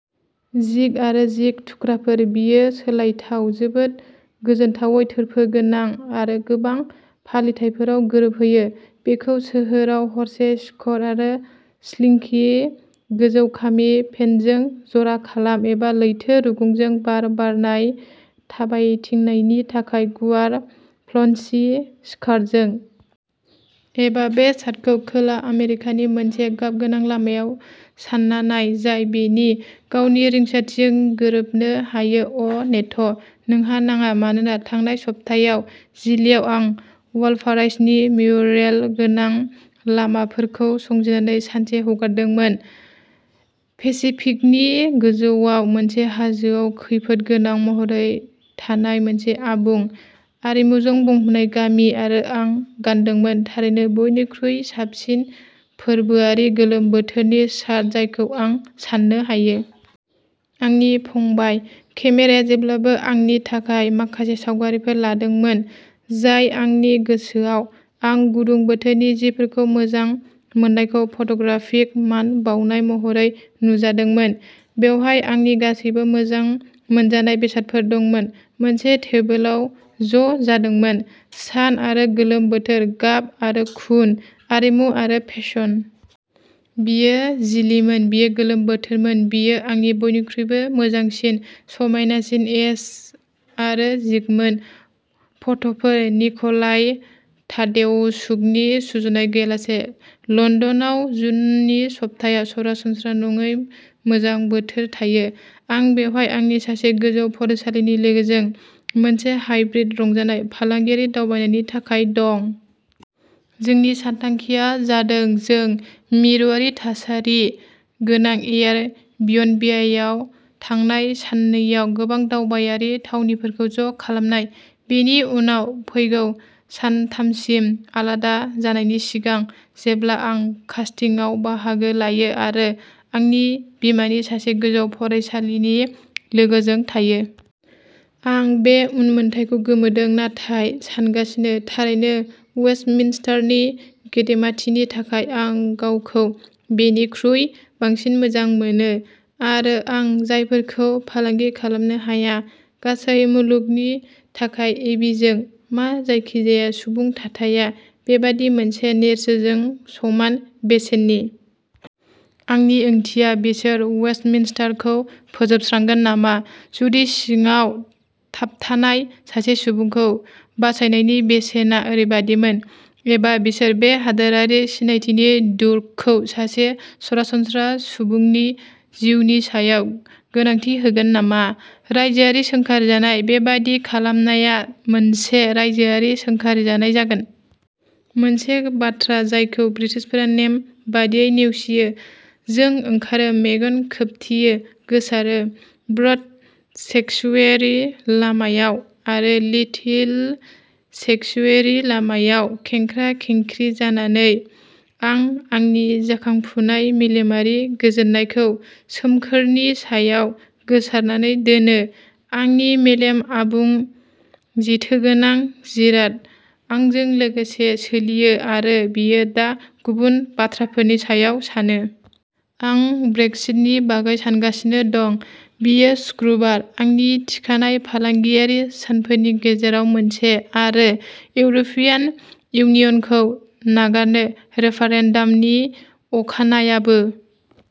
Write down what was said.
जिग आरो जिग थुख्राफोर, बेयो सोलायथाव, जोबोद गोजोनथावै थोरफो गोनां, आरो गोबां फालिथायफोराव गोरोबहोयो। बेखौ सोहोराव हरसे सक'र आरो स्लिंकि गोजौ-खामि पेन्टजों जरा खालाम, एबा लैथो रुगुंजों बार बारनाय थाबायथिंनायनि थाखाय गुवार फ्ल'न्सि स्कार्टजों। एबा बे शार्टखौ खोला आमेरिकानि मोनसे गाबगोनां लामायाव सानना नाय, जाय बेनि गावनि जोंसारथिजों गोरोबनो हायो-अ'नेथ', नोंहा नाङा। मानोना थांनाय सप्तायाव चिलीआव, आं वालपाराइस'नि म्युरेल गोनां लामाफोरखौ संजिरनानै सानसे हगारदोंमोन, पेसिफिकनि गोजौआव मोनसे हाजोआव खैफोद गोनां महरै थानाय मोनसे आबुं, आरिमुजों बुंफबनाय गामि-आरो आं गानदोंमोन, थारैनो, बयनिख्रुइ साबसिन फोरबोआरि गोलोम बोथोरनि शार्ट जायखौ आं सान्नो हायो! आंनि फंबाय, केमेराया जेब्लाबो आंनि थाखाय माखासे सावगारिफोर लादोंमोन, जाय आंनि गोसोआव, आं गुदुं बोथोरनि जिफोरखौ मोजां मोननायखौ फट'ग्राफिक मान बाउनाय महरै नुजादोंमोन। बेवहाय आंनि गासैबो मोजां मोनजानाय बेसादफोर दंमोन। मोनसे टेबोलाव ज'जादोंमोनः सान आरो गोलोम बोथोर, गाब आरो खुन, आरिमु आरो फेसन। बेयो चिलिमोन, बेयो गोलोम बोथोरमोन, बेयो आंनि बयनिख्रुइबो मोजांसिन, समायनासिन एस आरो जिगमोन। फट'फोर निक'लाइ तादेउशुकनि, सुजुनाय गैयालासे। लण्डनाव जुननि सप्तायाव सरासनस्रा नङै मोजां बोथोर थायो। आं बेवहाय आंनि सासे गोजौ फरायसालिनि लोगोजों मोनसे हाइब्रिद रंजानाय/फालांगियारि दावबायनायनि थाखाय दं। जोंनि सानथांखिआ जादों जों मिरुआरि-थासारि गोनां एयार बिएनबियाव थांनाय साननैआव गोबां दावबायारि थावनिफोरखौ ज'खालामनाय, बेनि उनाव फैगौ सानथामसिम आलादा जानायनि सिगां, जेब्ला आं कास्टिंआव बाहागो लायो आरो आंनि बिमानि सासे गोजौ फरायसालिनि लोगोजों थायो! आं बे उनमोनथाइखौ गोमोदों नाथाय सानगासिनो; थारैनो, वेस्टमिन्स्टारनि गेदेमाथिनि थाखाय, आं गावखौ बेनिख्रुइ बांसिन मोजां मोनो, आरो आं जायगाफोरखौ फालांगि खालामनो हाया। गासै मुलुगनि थाखाय एबीजों। मा जायखिजाया सुबुं थाथाया बेबादि मोनसे नेरसोनजों समान बेसेननि? आंनि ओंथिया, बिसोर वेस्टमिन्स्टारखौ फोजोबस्रांगोन नामा, जुदि सिङाव थाबथानाय सासे सुबुंखौ बासायनायनि बेसेना ओरैबायदिमोन? एबा बिसोर बे हादोरारि सिनायथिनि दुर्गखौ सासे सरासनस्रा सुबुंनि जिउनि सायाव गोनांथि होगोन नामा? रायजोआरि सोंखारिजानाय! बेबादि खालामनाया मोनसे रायजोआरि सोंखारिजानाय जागोन। मोनसे बाथ्रा जायखौ ब्रिटिशफोरा, नेम बायदियै, नेवसियो। जों ओंखारो, मेगन खोबथेयो, गोसारो। "ब्रड सेंक्सुयेरि" लामायाव आरो "लिटिल सेंक्सुयेरि" लामायाव खेंख्रा-खेंख्रि जानानै, आं आंनि जाखांफुनाय मेलेमारि गोजोननायखौ, सोमखोरनि सायाव गोसारनानै दोनो। आंनि मेलेम-आबुं, जेथोगोनां जिराद-आंजों लोगोसे सोलियो आरो बेयो दा गुबुन बाथ्राफोरनि सायाव सानो। आं ब्रेक्सिटनि बागै सानगासिनो दं। बेयो शुक्रबार, आंनि थिखानाय फालांगियारि सानफोरनि गेजेराव मोनसे, आरो इउर'पियान इउनियनखौ नागारनो रेफारेन्डामनि अखानायाबो।